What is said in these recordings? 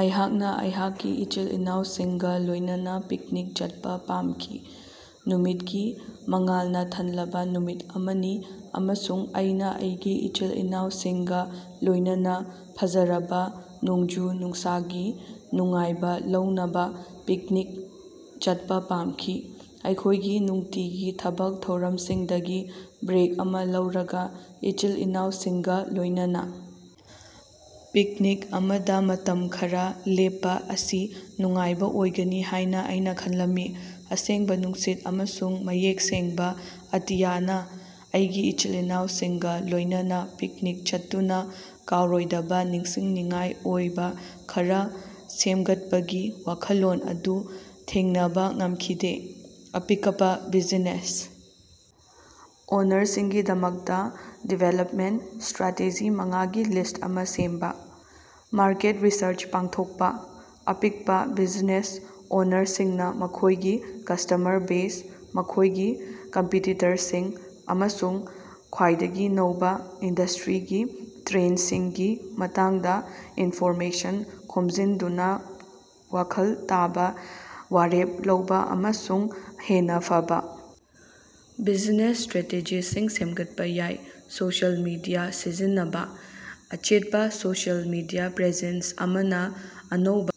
ꯑꯩꯍꯥꯛꯅ ꯑꯩꯍꯥꯛꯀꯤ ꯏꯆꯤꯜ-ꯏꯅꯥꯎꯁꯤꯡꯒ ꯂꯣꯏꯅꯅ ꯄꯤꯛꯅꯤꯛ ꯆꯠꯄ ꯄꯥꯝꯈꯤ꯫ ꯅꯨꯃꯤꯠꯀꯤ ꯃꯉꯥꯜꯅ ꯊꯜꯂꯕ ꯅꯨꯃꯤꯠ ꯑꯃꯅꯤ ꯑꯃꯁꯨꯡ ꯑꯩꯅ ꯑꯩꯒꯤ ꯏꯆꯤꯜ-ꯏꯅꯥꯑꯎꯁꯤꯡꯒ ꯂꯣꯏꯅꯅ ꯐꯖꯔꯕ ꯅꯣꯡꯖꯨ-ꯅꯨꯡꯁꯥꯒꯤ ꯅꯨꯡꯉꯥꯏꯕ ꯂꯧꯅꯕ ꯄꯤꯛꯅꯤꯛ ꯆꯠꯄ ꯄꯥꯝꯈꯤ꯫ ꯑꯩꯈꯣꯏꯒꯤ ꯅꯨꯡꯇꯤꯒꯤ ꯊꯕꯛ ꯊꯧꯔꯝꯁꯤꯡꯗꯒꯤ ꯕ꯭ꯔꯦꯛ ꯑꯃ ꯂꯧꯔꯒ ꯏꯆꯤꯜ-ꯏꯅꯥꯑꯎꯁꯤꯡꯒ ꯂꯣꯏꯅꯅ ꯄꯤꯛꯅꯤꯛ ꯑꯃꯗ ꯃꯇꯝ ꯈꯔ ꯂꯦꯞꯄ ꯑꯁꯤ ꯅꯨꯡꯉꯥꯏꯕ ꯑꯣꯏꯒꯅꯤ ꯍꯥꯏꯅ ꯑꯩꯅ ꯈꯜꯂꯝꯃꯤ꯫ ꯑꯁꯦꯡꯕ ꯅꯨꯡꯁꯤꯠ ꯑꯃꯁꯨꯡ ꯃꯌꯦꯛ ꯁꯦꯡꯕ ꯑꯇꯤꯌꯥꯅ ꯑꯩꯒꯤ ꯏꯆꯤꯜ-ꯏꯅꯥꯑꯎꯁꯤꯡꯒ ꯂꯣꯏꯅꯅ ꯄꯤꯛꯅꯤꯛ ꯆꯠꯇꯨꯅ ꯀꯥꯎꯔꯣꯏꯗꯕ ꯅꯤꯡꯁꯤꯡꯅꯤꯡꯉꯥꯏ ꯑꯣꯏꯕ ꯈꯔ ꯁꯦꯝꯒꯠꯄꯒꯤ ꯋꯥꯈꯜꯂꯣꯟ ꯑꯗꯨ ꯊꯦꯡꯅꯕ ꯉꯃꯈꯤꯗꯦ꯫ ꯑꯄꯤꯀꯄ ꯕꯤꯖꯤꯅꯦꯁ ꯑꯣꯅꯔꯁꯤꯡꯒꯤꯗꯃꯛꯇ ꯗꯤꯚꯦꯂꯞꯃꯦꯟꯇ ꯁ꯭ꯇꯔꯥꯇꯦꯖꯤ ꯃꯉꯥꯒꯤ ꯂꯤꯁꯠ ꯑꯃ ꯁꯦꯝꯕ- ꯃꯥꯔꯀꯦꯠ ꯔꯤꯁꯔꯆ ꯄꯥꯡꯊꯣꯛꯄ: ꯑꯄꯤꯛꯄ ꯕꯤꯖꯤꯅꯦꯁ ꯑꯣꯅꯔꯁꯤꯡꯅ ꯃꯈꯣꯒꯤ ꯀꯁꯇꯃꯔ ꯕꯦꯖ, ꯃꯈꯣꯏꯒꯤ ꯀꯝꯄꯤꯇꯤꯇꯔꯁꯤꯡ, ꯑꯃꯁꯨꯡ ꯈ꯭ꯋꯥꯏꯗꯒꯤ ꯅꯧꯕ ꯏꯟꯗꯁꯇ꯭ꯔꯤꯒꯤ ꯇ꯭ꯔꯦꯟꯗꯁꯤꯡꯒꯤ ꯃꯇꯥꯡꯗ ꯏꯟꯐꯣꯔꯃꯦꯁꯟ ꯈꯣꯝꯖꯤꯟꯗꯨꯅ ꯋꯥꯈꯜ ꯇꯥꯕ ꯋꯥꯔꯦꯞ ꯂꯧꯕ ꯑꯃꯁꯨꯡ ꯍꯦꯟꯅ ꯐꯕ ꯕꯤꯖꯤꯅꯦꯁ ꯁꯇ꯭ꯔꯦꯇꯦꯖꯤꯁꯤꯡ ꯁꯦꯝꯒꯠꯄ ꯌꯥꯏ꯫ ꯁꯣꯁꯤꯌꯦꯜ ꯃꯤꯗꯤꯌꯥ ꯁꯤꯖꯤꯟꯅꯕ: ꯑꯆꯦꯠꯄ ꯁꯣꯁꯤꯑꯦꯜ ꯃꯤꯗꯤꯌꯥ ꯄ꯭ꯔꯦꯖꯦꯟꯁ ꯑꯃꯅ ꯑꯅꯧꯕ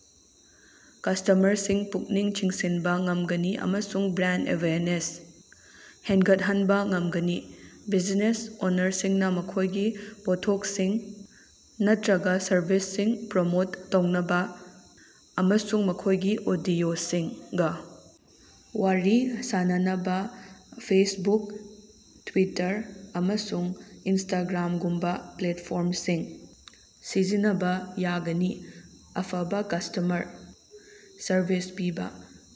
ꯀꯁꯇꯃꯔꯁꯤꯡ ꯄꯨꯛꯅꯤꯡ ꯆꯤꯡꯁꯤꯟꯕ ꯉꯝꯒꯅꯤ ꯑꯃꯁꯨꯡ ꯕ꯭ꯔꯥꯟꯗ ꯑꯦꯋꯦꯌꯔꯅꯦꯁ ꯍꯦꯟꯒꯠꯍꯟꯕ ꯉꯝꯒꯅꯤ꯫ ꯕꯤꯖꯤꯅꯦꯁ ꯑꯣꯅꯔꯁꯤꯡꯅ ꯃꯈꯣꯏꯒꯤ ꯄꯣꯠꯊꯣꯛꯁꯤꯡ ꯅꯠꯇ꯭ꯔꯒ ꯁꯔꯚꯤꯁꯁꯤꯡ ꯄ꯭ꯔꯃꯣꯠ ꯇꯧꯅꯕ ꯑꯃꯁꯨꯡ ꯃꯈꯣꯏꯒꯤ ꯑꯣꯗꯤꯑꯣꯁꯤꯡꯒ ꯋꯥꯔꯤ ꯁꯥꯅꯅꯕ ꯐꯦꯁꯕꯨꯛ, ꯇ꯭ꯋꯤꯇꯔ, ꯑꯃꯁꯨꯡ ꯏꯟꯁꯇꯒ꯭ꯔꯥꯝꯒꯨꯝꯕ ꯄ꯭ꯂꯦꯠꯐꯣꯔꯝꯁꯤꯡ ꯁꯤꯖꯤꯟꯅꯕ ꯌꯥꯒꯅꯤ꯫ ꯑꯐꯕ ꯀꯁꯇꯃꯔ ꯁꯔꯚꯤꯁ ꯄꯤꯕ: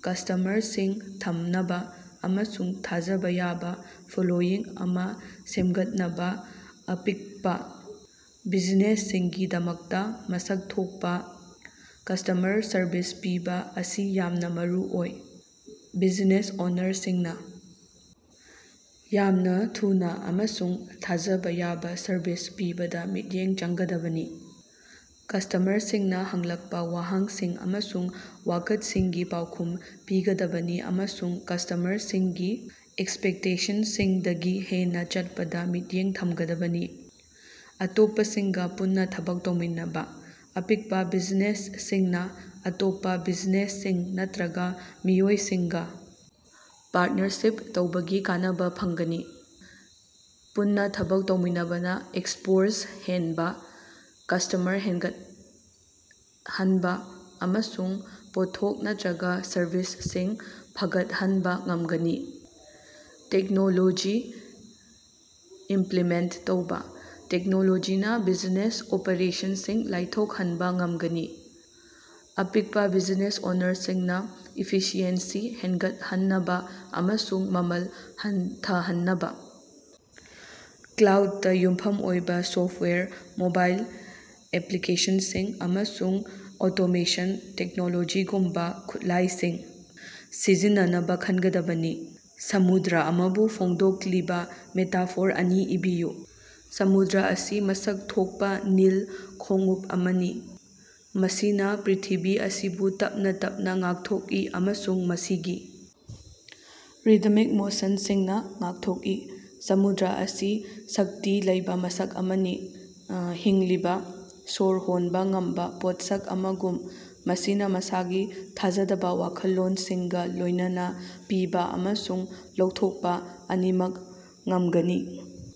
ꯀꯁꯇꯃꯔꯁꯤꯡ ꯊꯝꯅꯕ ꯑꯃꯁꯨꯡ ꯊꯥꯖꯕ ꯌꯥꯕ ꯐꯣꯂꯣꯋꯤꯡ ꯑꯃ ꯁꯦꯝꯒꯠꯅꯕ ꯑꯄꯤꯛꯄ ꯕꯤꯖꯤꯅꯦꯁꯁꯤꯡꯒꯤꯗꯃꯛꯇ ꯃꯁꯛ ꯊꯣꯛꯄ ꯀꯁꯇꯃꯔ ꯁꯔꯚꯤꯁ ꯄꯤꯕ ꯑꯁꯤ ꯌꯥꯝꯅ ꯃꯔꯨꯑꯣꯏ꯫ ꯕꯤꯖꯤꯅꯦꯁ ꯑꯣꯅꯔꯁꯤꯡꯅ ꯌꯥꯝꯅ ꯊꯨꯅ ꯑꯃꯁꯨꯡ ꯊꯥꯖꯕ ꯌꯥꯕ ꯁꯔꯚꯤꯁ ꯄꯤꯕꯗ ꯃꯤꯠꯌꯦꯡ ꯆꯪꯒꯗꯕꯅꯤ꯫ ꯀꯁꯇꯃꯔꯁꯤꯡꯅ ꯍꯪꯂꯛꯄ ꯋꯥꯍꯪꯁꯤꯡ ꯑꯃꯁꯨꯡ ꯋꯥꯀꯠꯁꯤꯡꯒꯤ ꯄꯥꯎꯈꯨꯝ ꯄꯤꯒꯗꯕꯅꯤ ꯑꯃꯁꯨꯡ ꯀꯁꯇꯃꯔꯁꯤꯡꯒꯤ ꯑꯦꯛꯁꯄꯦꯛꯇꯦꯁꯟꯁꯤꯡꯗꯒꯤ ꯍꯦꯟꯅ ꯆꯠꯄꯗ ꯃꯤꯠꯌꯦꯡ ꯊꯝꯒꯗꯕꯅꯤ꯫ ꯑꯇꯣꯞꯄꯁꯤꯡꯒ ꯄꯨꯟꯅ ꯊꯕꯛ ꯇꯧꯃꯤꯟꯅꯕ: ꯑꯄꯤꯛꯄ ꯕꯤꯖꯤꯅꯦꯁꯁꯤꯡꯅ ꯑꯇꯣꯞꯄ ꯕꯤꯖꯤꯅꯦꯁꯁꯤꯡ ꯅꯠꯇ꯭ꯔꯒ ꯃꯤꯑꯣꯏꯁꯤꯡꯒ ꯄꯥꯔꯠꯅꯔꯁꯤꯞ ꯇꯧꯕꯗꯒꯤ ꯀꯥꯟꯅꯕ ꯐꯪꯒꯅꯤ꯫ ꯄꯨꯟꯅ ꯊꯕꯛ ꯇꯧꯃꯤꯟꯅꯕꯅ ꯑꯦꯛꯁꯄꯣꯖꯔ ꯍꯦꯟꯕ, ꯀꯁ꯭ꯇꯃꯔ ꯍꯦꯟꯒꯠꯍꯟꯕ, ꯑꯃꯁꯨꯡ ꯄꯣꯠꯊꯣꯛ ꯅꯠꯇ꯭ꯔꯒ ꯁꯔꯚꯤꯁꯁꯤꯡ ꯐꯒꯠꯍꯟꯕ ꯉꯝꯒꯅꯤ꯫ ꯇꯦꯛꯅꯣꯂꯣꯖꯤ ꯏꯝꯄ꯭ꯂꯤꯃꯦꯟꯇ ꯇꯧꯕ: ꯇꯦꯛꯅꯣꯂꯣꯖꯤꯅ ꯕꯤꯖꯤꯅꯦꯁ ꯑꯣꯄꯔꯦꯁꯟꯁꯤꯡ ꯂꯥꯏꯊꯣꯛꯍꯟꯕ ꯉꯝꯒꯅꯤ꯫ ꯑꯄꯤꯀꯄ ꯕꯤꯖꯤꯅꯦꯁ ꯑꯣꯅꯔꯁꯤꯡꯅ ꯏꯐꯤꯁꯤꯑꯦꯟꯁꯤ ꯍꯦꯟꯒꯠꯍꯟꯅꯕ ꯑꯃꯁꯨꯡ ꯃꯃꯜ ꯍꯟꯊꯍꯟꯅꯕ ꯀ꯭ꯂꯥꯎꯗꯇ ꯌꯨꯝꯐꯝ ꯑꯣꯏꯕ ꯁꯣꯐꯠꯋꯦꯌꯔ, ꯃꯣꯕꯥꯏꯜ ꯑꯦꯄ꯭ꯂꯤꯀꯦꯁꯟꯁꯤꯡ, ꯑꯃꯁꯨꯡ ꯑꯣꯇꯣꯃꯦꯁꯟ ꯇꯦꯛꯅꯣꯂꯣꯖꯤꯒꯨꯝꯕ ꯈꯨꯠꯂꯥꯏꯁꯤꯡ ꯁꯤꯖꯤꯟꯅꯅꯕ ꯈꯟꯒꯗꯕꯅꯤ꯫ ꯁꯃꯨꯗ꯭ꯔ ꯑꯃꯕꯨ ꯐꯣꯡꯗꯣꯛꯂꯤꯕ ꯃꯦꯇꯥꯐꯣꯔ ꯑꯅꯤ ꯏꯕꯤꯌꯨ꯫ ꯁꯃꯨꯗ꯭ꯔ ꯑꯁꯤ ꯃꯁꯛ ꯊꯣꯛꯄ ꯅꯤꯜ ꯈꯣꯡꯎꯞ ꯑꯃꯅꯤ, ꯃꯁꯤꯅ ꯄ꯭ꯔꯤꯊꯤꯕꯤ ꯑꯁꯤꯕꯨ ꯇꯞꯅ ꯇꯞꯅ ꯉꯥꯛꯊꯣꯛꯏ ꯑꯃꯁꯨꯡ ꯃꯁꯤꯒꯤ ꯔꯤꯗꯃꯤꯛ ꯃꯣꯁꯟꯁꯤꯡꯅ ꯉꯥꯛꯊꯣꯛꯏ꯫ ꯁꯃꯨꯗ꯭ꯔ ꯑꯁꯤ ꯁꯛꯇꯤ ꯂꯩꯕ ꯃꯁꯛ ꯑꯃꯅꯤ꯫ ꯍꯤꯡꯂꯤꯕ, ꯁꯣꯔ ꯍꯣꯟꯕ ꯉꯝꯕ ꯄꯣꯠꯁꯛ ꯑꯃꯒꯨꯝ, ꯃꯁꯤꯅ ꯃꯁꯥꯒꯤ ꯊꯥꯖꯗꯕ ꯋꯥꯈꯜꯂꯣꯟꯁꯤꯡꯒ ꯂꯣꯏꯅꯅ ꯄꯤꯕ ꯑꯃꯁꯨꯡ ꯂꯧꯊꯣꯛꯄ ꯑꯅꯤꯃꯛ ꯉꯝꯒꯅꯤ꯫